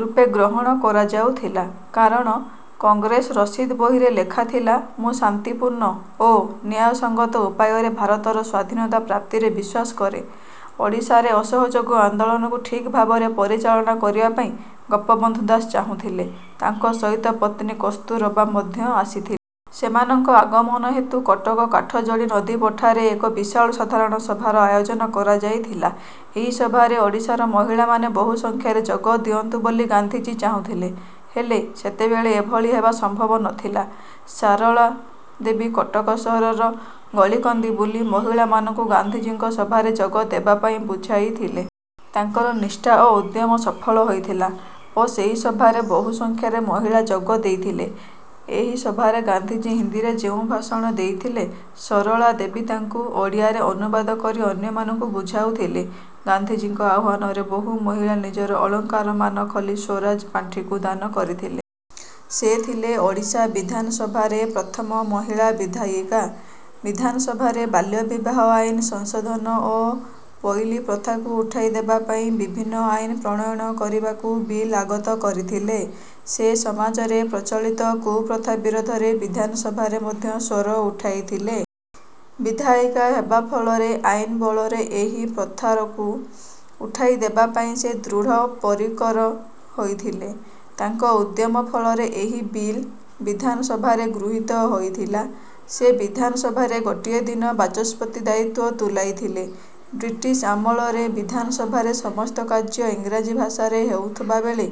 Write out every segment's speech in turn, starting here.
ରୂପେ ଗ୍ରହଣ କରାଯାଉଥିଲା। କାରଣ କଂଗ୍ରେସ ରସିଦ୍ ବହିରେ ଲେଖା ଥିଲା ମୁଁ ଶାନ୍ତି ପୂର୍ଣ୍ଣ ଓ ନ୍ୟାୟ ସଂଗତ ଉପାୟରେ ଭାରତର ସ୍ୱାଧୀନତା ପ୍ରାପ୍ତିରେ ବିଶ୍ୱାସ କରେ। ଓଡ଼ିଶାରେ ଅସହଯୋଗ ଆନ୍ଦୋଳନକୁ ଠିକ୍ ଭାବରେ ପରିଚାଳନା କରିବା ପାଇଁ ଗୋପବନ୍ଧୁ ଦାସ ଚାହୁଁଥିଲେ। ତାଙ୍କ ସହିତ ପତ୍ନୀ କସ୍ତୁରବା ମଧ୍ୟ ଆସିଥିଲେ। ସେମାନଙ୍କ ଆଗମନ ହେତୁ କଟକ କାଠଯୋଡ଼ି ନଦୀ ପଠାରେ ଏକ ବିଶାଳ ସାଧାରଣ ସଭାର ଆୟୋଜନ କରାଯାଇଥିଲା। ଏହି ସଭାରେ ଓଡ଼ିଶାର ମହିଳା ମାନେ ବହୁ ସଂଖ୍ୟାରେ ଯୋଗ ଦିଅନ୍ତୁ ବୋଲି ଗାନ୍ଧିଜୀ ଚାହୁଁଥିଲେ। ହେଲେ ସେତେବେଳେ ଏଭଳି ହେବା ସମ୍ଭବ ନଥିଲା। ସରଳା ଦେବୀ କଟକ ସହରର ଗଳିକନ୍ଦି ବୁଲି ମହିଳାମାନଙ୍କୁ ଗାନ୍ଧିଜୀଙ୍କ ସଭାରେ ଯୋଗ ଦେବାପାଇଁ ବୁଝାଇଥିଲେ। ତାଙ୍କର ନିଷ୍ଠା ଓ ଉଦ୍ୟମ ସଫଳ ହୋଇଥିଲା ଓ ସେହି ସଭାରେ ବହୁ ସଂଖ୍ୟାରେ ମହିଳା ଯୋଗ ଦେଇଥିଲେ। ଏହି ସଭାରେ ଗାନ୍ଧିଜୀ ହିନ୍ଦୀରେ ଯେଉଁ ଭାଷଣ ଦେଇଥିଲେ, ସରଳା ଦେବୀ ତାକୁ ଓଡ଼ିଆରେ ଅନୁବାଦ କରି ଅନ୍ୟମାନଙ୍କୁ ବୁଝାଉଥିଲେ। ଗାନ୍ଧିଜୀଙ୍କ ଆହ୍ୱାନରେ ବହୁ ମହିଳା ନିଜର ଅଳଙ୍କାର ମାନ ଖୋଲି ସ୍ୱରାଜ ପାଣ୍ଠିକୁ ଦାନ କରିଥିଲେ। ସେ ଥିଲେ ଓଡ଼ିଶା ବିଧାନ ସଭାରେ ପ୍ରଥମ ମହିଳା ବିଧାୟିକା। ବିଧାନ ସଭାରେ ବାଲ୍ୟ ବିବାହ ଆଇନ୍ର ସଂଶୋଧନ ଓ ପୋଇଲି ପ୍ରଥାକୁ ଉଠାଇ ଦେବା ପାଇଁ ବିଭିନ୍ନ ଆଇନ୍ ପ୍ରଣୟନ କରିବାକୁ ବିଲ୍ ଆଗତ କରିଥିଲେ। ସେ ସମାଜରେ ପ୍ରଚଳିତ କୁପ୍ରଥା ବିରୋଧରେ ବିଧାନ ସଭାରେ ମଧ୍ୟ ସ୍ୱର ଉଠାଇଥିଲେ। ବିଧାୟିକା ହେବା ଫଳରେ ଆଇନ୍ ବଳରେ ଏହି ପ୍ରଥାରକୁ ଉଠାଇ ଦେବା ପାଇଁ ସେ ଦୃଢ଼ ପରିକର ହୋଇଥିଲେ। ତାଙ୍କ ଉଦ୍ୟମ ଫଳରେ ଏହି ବିଲ୍ ବିଧାନ ସଭାରେ ଗୃହୀତ ହୋଇଥିଲା। ସେ ବିଧାନ ସଭାରେ ଗୋଟିଏ ଦିନ ବାଚସ୍ପତି ଦାୟିତ୍ୱ ତୁଲାଇଥିଲେ। ବ୍ରିଟିଶ୍ ଆମଳରେ ବିଧାନ ସଭାରେ ସମସ୍ତ କାର୍ଯ୍ୟ ଇଂରାଜୀ ଭାଷାରେ ହେଉଥିବା ବେଳେ,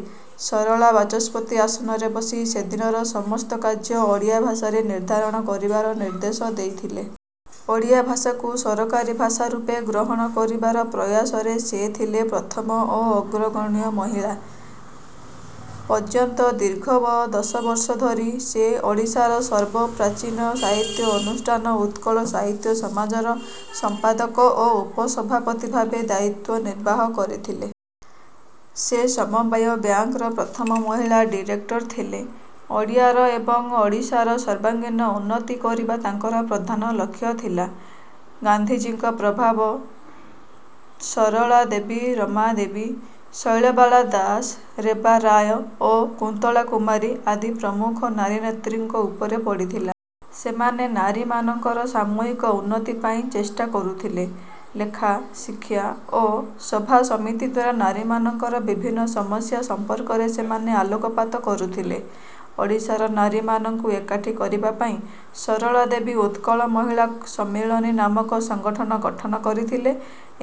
ସରଳା ବାଚସ୍ପତି ଆସନରେ ବସି ସେଦିନର ସମସ୍ତ କାର୍ଯ୍ୟ ଓଡ଼ିଆ ଭାଷାରେ ନିର୍ଧାରଣ କରିବାର ନିର୍ଦ୍ଦେଶ ଦେଇଥିଲେ। ଓଡ଼ିଆ ଭାଷାକୁ ସରକାରୀ ଭାଷା ରୂପେ ଗ୍ରହଣ କରିବାର ପ୍ରୟାସରେ ସେ ଥିଲେ ପ୍ରଥମ ଓ ଅଗ୍ରଗଣ୍ୟ ମହିଳା। ପର୍ଯ୍ୟନ୍ତ ଦୀର୍ଘ ଦଶବର୍ଷ ଧରି ସେ ଓଡ଼ିଶାର ସର୍ବପ୍ରାଚୀନ ସାହିତ୍ୟ ଅନୁଷ୍ଠାନ ଉତ୍କଳ ସାହିତ୍ୟ ସମାଜର ସମ୍ପାଦକ ଓ ଉପସଭାପତି ଭାବେ ଦାୟିତ୍ୱ ନିର୍ବାହ କରିଥିଲେ। ସେ ସମବାୟ ବ୍ୟାଙ୍କର ପ୍ରଥମ ମହିଳା ଡିରେକ୍ଟର ଥିଲେ। ଓଡ଼ିଆର ଏବଂ ଓଡ଼ିଶାର ସର୍ବାଙ୍ଗୀନ ଉନ୍ନତି କରିବା ତାଙ୍କର ପ୍ରଧାନ ଲକ୍ଷ୍ୟ ଥିଲା। ଗାନ୍ଧିଜୀଙ୍କ ପ୍ରଭାବ ସରଳା ଦେବୀ, ରମା ଦେବୀ, ଶୈଳବାଳା ଦାସ, ରେବା ରାୟ ଓ କୁନ୍ତଳା କୁମାରୀ ଆଦି ପ୍ରମୁଖ ନାରୀନେତ୍ରୀଙ୍କ ଉପରେ ପଡ଼ିଥିଲା। ସେମାନେ ନାରୀମାନଙ୍କର ସାମୂହିକ ଉନ୍ନତି ପାଇଁ ଚେଷ୍ଟା କରୁଥିଲେ। ଲେଖା, ଶିକ୍ଷା ଓ ସଭାସମିତିଦ୍ୱାରା ନାରୀମାନଙ୍କର ବିଭିନ୍ନ ସମସ୍ୟା ସମ୍ପର୍କରେ ସେମାନେ ଆଲୋକପାତ କରୁଥିଲେ। ଓଡ଼ିଶାର ନାରୀମାନଙ୍କୁ ଏକାଠି କରିବାପାଇଁ ସରଳା ଦେବୀ ଉତ୍କଳ ମହିଳା ସମ୍ମିଳନୀ ନାମକ ସଂଗଠନ ଗଠନ କରିଥିଲେ।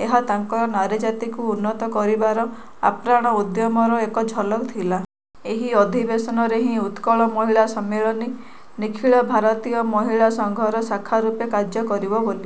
ଏହା ତାଙ୍କର ନାରୀଜାତିକୁ ଉନ୍ନତ କରିବାର ଆପ୍ରାଣ ଉଦ୍ୟମର ଏକ ଝଲକ ଥିଲା। ସେହି ଅଧିବେଶନରେ ହିଁ ଉତ୍କଳ ମହିଳା ସମ୍ମିଳନୀ, ନିଖିଳ ଭାରତୀୟ ମହିଳା ସଂଘର ଶାଖା ରୂପେ କାର୍ଯ୍ୟ କରିବ ବୋଲି